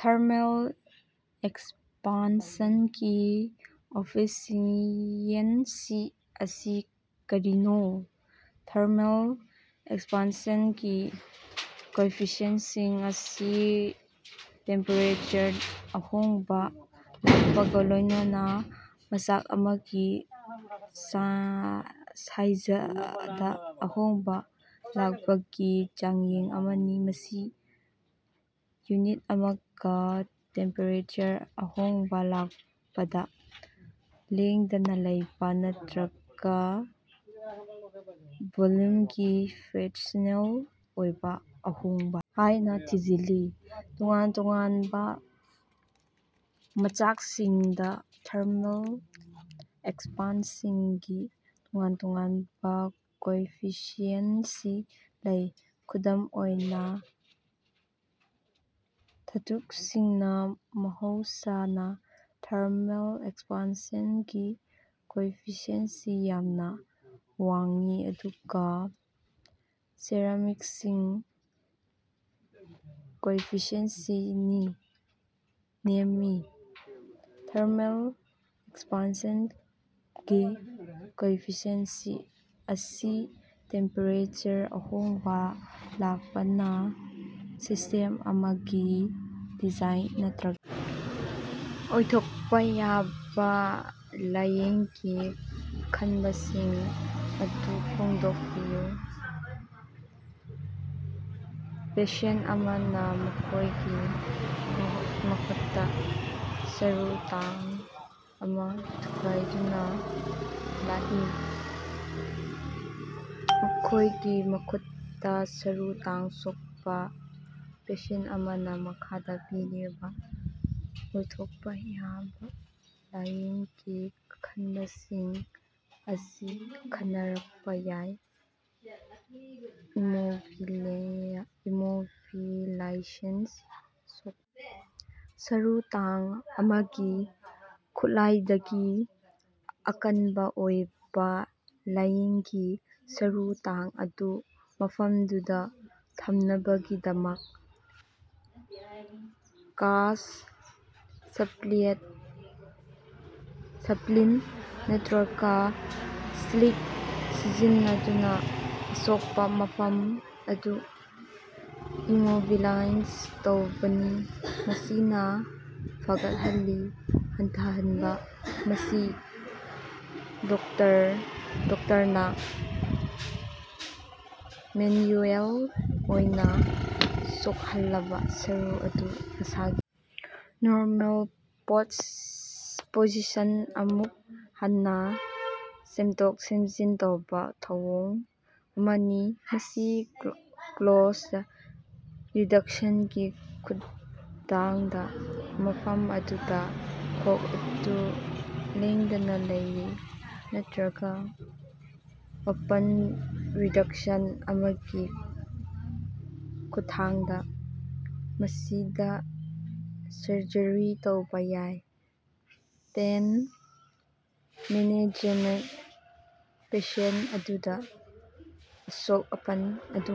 Thermal ꯑꯦꯛꯁꯄꯥꯟꯁꯟꯒꯤ coefficient ꯑꯁꯤ ꯀꯔꯤꯅꯣ? ꯊꯔꯃꯦꯜ ꯑꯦꯛꯁꯄꯥꯟꯁꯟꯒꯤ ꯀꯣꯏꯐꯤꯁꯤꯑꯦꯟꯁꯤ ꯑꯁꯤ ꯇꯦꯝꯄꯦꯔꯦꯆꯔꯗ ꯑꯍꯣꯡꯕ ꯂꯥꯛꯄꯒ ꯂꯣꯏꯅꯅ ꯃꯆꯥꯛ ꯑꯃꯒꯤ ꯁꯥꯏꯖꯗ ꯑꯍꯣꯡꯕ ꯂꯥꯛꯄꯒꯤ ꯆꯥꯡꯌꯦꯡ ꯑꯃꯅꯤ꯫ ꯃꯁꯤ ꯌꯨꯅꯤꯠ ꯑꯃꯗ ꯇꯦꯝꯄꯦꯔꯦꯆꯔꯗ ꯑꯍꯣꯡꯕ ꯂꯥꯛꯄꯗ ꯂꯦꯡꯗꯅ ꯂꯩꯕ ꯅꯠꯇ꯭ꯔꯒ ꯚꯣꯜꯌꯨꯝꯒꯤ ꯐ꯭ꯔꯦꯛꯁꯅꯦꯜ ꯑꯣꯏꯕ ꯑꯍꯣꯡꯕ ꯍꯥꯏꯅ ꯊꯤꯖꯤꯜꯂꯤ꯫ ꯇꯣꯉꯥꯟ-ꯇꯣꯉꯥꯟꯕ ꯃꯆꯥꯛꯁꯤꯡꯗ ꯊꯔꯃꯦꯜ ꯑꯦꯛꯁꯄꯥꯟꯁꯤꯡꯒꯤ ꯇꯣꯉꯥꯟ-ꯇꯣꯉꯥꯟꯕ ꯀꯣꯏꯐꯤꯁꯤꯑꯦꯟꯁꯤ ꯂꯩ꯫ ꯈꯨꯗꯝ ꯑꯣꯏꯅ ꯙꯥꯇꯨꯁꯤꯡꯅ ꯃꯍꯧꯁꯥꯅ ꯊꯔꯃꯦꯜ ꯑꯦꯛꯁꯄꯥꯟꯁꯟꯒꯤ ꯀꯣꯏꯐꯤꯁꯤꯑꯦꯟꯁꯤ ꯌꯥꯝꯅ ꯋꯥꯡꯏ ꯑꯗꯨꯒ ꯁꯦꯔꯥꯃꯤꯛꯁꯤꯡꯗ ꯀꯣꯏꯐꯤꯁꯤꯑꯦꯟꯁꯤ ꯅꯦꯝꯃꯤ꯫ ꯊꯔꯃꯦꯜ ꯑꯦꯛꯁꯄꯥꯟꯁꯟꯒꯤ ꯀꯣꯏꯐꯤꯁꯤꯑꯦꯟꯁꯤ ꯑꯁꯤ ꯇꯦꯝꯄꯦꯔꯦꯆꯔꯗ ꯑꯍꯣꯡꯕ ꯂꯥꯛꯄꯅ ꯁꯤꯁꯇꯦꯝ ꯑꯃꯒꯤ ꯗꯤꯖꯥꯏꯟ ꯅꯠꯇ꯭ꯔꯒ ꯑꯣꯏꯊꯣꯛꯄ ꯌꯥꯕ ꯂꯥꯏꯌꯦꯡꯒꯤ ꯈꯟꯕꯁꯤꯡ ꯑꯗꯨ ꯐꯣꯡꯗꯣꯛꯄꯤꯌꯨ꯫ ꯄꯦꯁꯦꯟꯇ ꯑꯃꯅ ꯃꯈꯣꯏꯒꯤ ꯃꯈꯨꯠꯇ ꯁꯔꯨ ꯇꯥꯡ ꯑꯃ ꯊꯨꯒꯥꯏꯗꯨꯅ ꯂꯥꯛꯏ꯫ ꯃꯈꯣꯏꯒꯤ ꯃꯈꯨꯠꯇ ꯁꯔꯨ ꯇꯥꯡ ꯁꯣꯛꯄ ꯄꯦꯁꯦꯟꯇ ꯑꯃꯅ ꯃꯈꯥꯗ ꯄꯤꯔꯤꯕ ꯑꯣꯏꯊꯣꯛꯄ ꯌꯥꯕ ꯂꯥꯏꯌꯦꯡꯒꯤ ꯈꯟꯕꯁꯤꯡ ꯑꯁꯤ ꯈꯟꯅꯔꯛꯄ ꯌꯥꯏ: ꯏꯃꯣꯕꯤꯂꯥꯏꯖꯦꯁꯟ: ꯁꯣꯛ ꯁꯔꯨ ꯇꯥꯡ ꯑꯃꯒꯤ ꯈꯨꯠꯂꯥꯏꯗꯒꯤ ꯑꯀꯟꯕ ꯑꯣꯏꯕ ꯂꯥꯏꯌꯦꯡꯗꯤ, ꯁꯔꯨ ꯇꯥꯡ ꯑꯗꯨ ꯃꯐꯝꯗꯨꯗ ꯊꯝꯅꯕꯒꯤꯗꯃꯛ ꯀꯥꯁ꯭ꯠ, ꯁ꯭ꯄꯂꯤꯟꯇ ꯅꯠꯇ꯭ꯔꯒ ꯁ꯭ꯂꯤꯡ ꯁꯤꯖꯤꯟꯅꯗꯨꯅ ꯑꯁꯣꯛꯄ ꯃꯐꯝ ꯑꯗꯨ ꯏꯃꯣꯕꯤꯂꯥꯏꯖ ꯇꯧꯕꯅꯤ꯫ ꯃꯁꯤꯅ ꯐꯒꯠꯍꯜꯂꯤ꯫ ꯍꯟꯊꯍꯟꯕ: ꯃꯁꯤ ꯗꯣꯛꯇꯔꯅ ꯃꯦꯟꯌꯨꯑꯦꯜ ꯑꯣꯏꯅ ꯁꯣꯛꯍꯜꯂꯕ ꯁꯔꯨ ꯑꯗꯨ ꯃꯁꯥꯒꯤ ꯅꯣꯔꯃꯦꯜ ꯄꯣꯖꯤꯁꯟꯗ ꯑꯃꯨꯛ ꯍꯟꯅ ꯁꯦꯝꯗꯣꯛ-ꯁꯦꯝꯖꯤꯟ ꯇꯧꯕ ꯊꯧꯑꯣꯡ ꯑꯃꯅꯤ꯫ ꯃꯁꯤ ꯀ꯭ꯂꯣꯖꯗ ꯔꯤꯗꯛꯁꯟꯒꯤ ꯈꯨꯠꯊꯥꯡꯗ ꯃꯐꯝ ꯑꯗꯨꯗ ꯈꯣꯡ ꯑꯗꯨ ꯂꯦꯡꯗꯅ ꯂꯩꯔꯤ ꯅꯠꯇ꯭ꯔꯒ ꯑꯣꯄꯟ ꯔꯤꯗꯛꯁꯟ ꯑꯃꯒꯤ ꯈꯨꯠꯊꯥꯡꯗ ꯃꯁꯤꯗ ꯁꯔꯖꯔꯤ ꯇꯧꯕ ꯌꯥꯏ꯫ ꯄꯦꯟ ꯃꯦꯅꯦꯖꯃꯦꯟꯇ: ꯄꯦꯁꯦꯟꯇ ꯑꯗꯨꯗ ꯑꯁꯣꯛ-ꯑꯄꯟ ꯑꯗꯨ